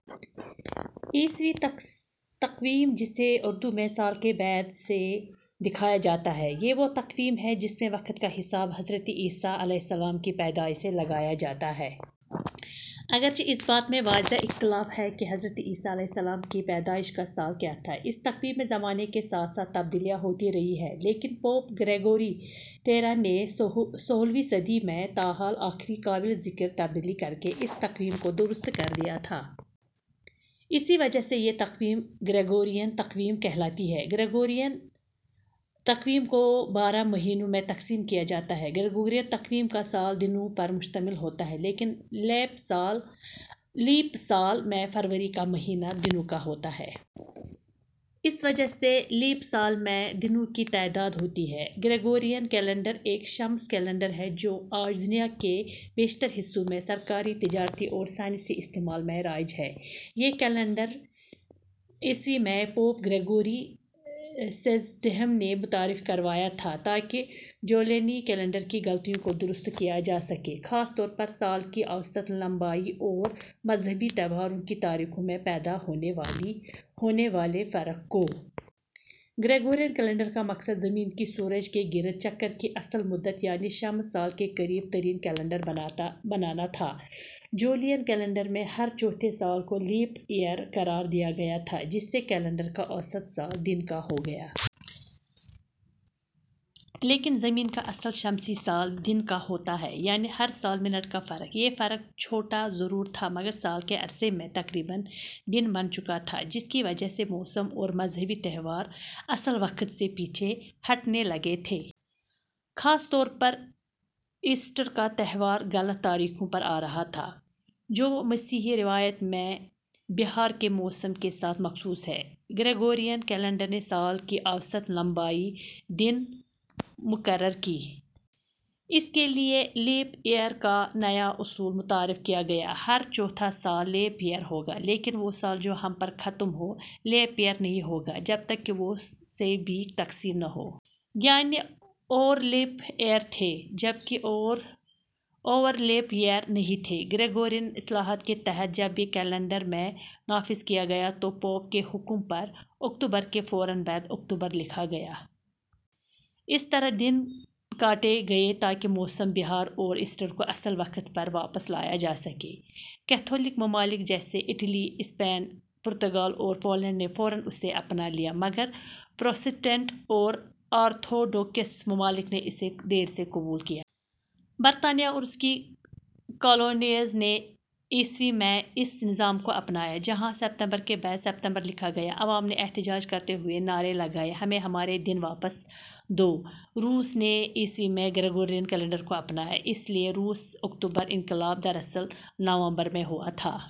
عیسوی تقویم جسے اردو میں سال کے بعد 'ء' سے دکھایا جاتا ہے ، یہ وہ تقویم ہے جس میں وقت کا حساب حضرت عیسیٰ علیهٔ السلام کی پیدائش سے لگایا جاتا ہے۔ اگر چہ اس بات میں واضح اختلاف ہے کہ حضرت عیسیٰ علیہ السلام کی پیدائش کا سال کیا تھا۔ اس تقویم میں زمانے کے ساتھ ساتھ تبدیلیاں ہوتی رہی ہیں لیکن پوپ گریگوری تیرہ نے سولہویں صدی میں تاحال آخری قابلِ ذکر تبدیلی کر کے اس تقویم کو درست کر دیا تھا۔ اسی وجہ سے یہ تقویم، گریگورین تقویم کہلاتی ہے۔ گریگورین تقویم کو بارہ مہینوں میں تقسیم کیا جاتا ہے۔ گریگورین تقویم کا سال دنوں پر مشتمل ہوتا ہے لیکن لیپ سال میں فروری کا مہینہ دنوں کا ہوتا ہے۔ اس وجہ سے لیپ سال میں دنوں کی تعداد ہوتی ہے۔ گریگورین کیلنڈر ایک شمسی کیلنڈر ہے جو آج دنیا کے بیشتر حصوں میں سرکاری، تجارتی اور سائنسی استعمال میں رائج ہے۔ یہ کیلنڈر ء میں پوپ گریگوری سیزدہم نے متعارف کروایا تھا تاکہ جولینی کیلنڈر کی غلطیوں کو درست کیا جا سکے، خاص طور پر سال کی اوسط لمبائی اور مذہبی تہواروں کی تاریخوں میں پیدا ہونے والے فرق کو۔ گریگورین کیلنڈر کا مقصد زمین کے سورج کے گرد چکر کی اصل مدت یعنی شمسی سال کے قریب ترین کیلنڈر بنانا تھا۔ جولین کیلنڈر میں ہر چوتھے سال کو لیپ ایئر قرار دیا گیا تھا، جس سے کیلنڈر کا اوسط سال دن کا ہو گیا۔ لیکن زمین کا اصل شمسی سال. دن کا ہوتا ہے، یعنی ہر سال منٹ کا فرق۔ یہ فرق چھوٹا ضرور تھا، مگر سال کے عرصے میں تقریباً دن بن چکا تھا، جس کی وجہ سے موسم اور مذہبی تہوار اصل وقت سے پیچھے ہٹنے لگے تھے۔ خاص طور پر ایسٹر کا تہوار غلط تاریخوں پر آ رہا تھا، جو مسیحی روایت میں بہار کے موسم کے ساتھ مخصوص ہے۔ گریگورین کیلنڈر نے سال کی اوسط لمبائی. دن مقرر کی۔ اس کے لیے لیپ ایئر کا نیا اصول متعارف کیا گیا: ہر چوتھا سال لیپ ایئر ہوگا۔ لیکن وہ سال جو پر ختم ہو، لیپ ایئر نہیں ہوگا، جب تک کہ وہ سے بھی تقسیم نہ ہو۔ یعنی اور لیپ ایئر تھے، جبکہ ، اور لیپ ایئر نہیں تھے۔ گریگورین اصلاحات کے تحت جب یہ کیلنڈر ء میں نافذ کیا گیا، تو پوپ کے حکم پر اکتوبر کے فوراً بعد اکتوبر لکھا گیا۔ اس طرح دن کاٹے گئے تاکہ موسمِ بہار اور ایسٹر کو اصل وقت پر واپس لایا جا سکے۔ کیتھولک ممالک جیسے اٹلی ، اسپین ، پرتگال اور پولینڈ نے فوراً اسے اپنا لیا، مگر پروٹسٹنٹ اور آرتھوڈوکس ممالک نے اسے دیر سے قبول کیا۔ برطانیہ اور اس کی کالونیز نے ء میں اس نظام کو اپنایا، جہاں ستمبر کے بعد ستمبر لکھا گیا۔ عوام نے احتجاج کرتے ہوئے نعرے لگائے: "ہمیں ہمارے دن واپس دو! "۔ روس نے ء میں گریگورین کیلنڈر کو اپنایا، اسی لیے روسی " اکتوبر انقلاب " دراصل نومبر میں ہوا تھا۔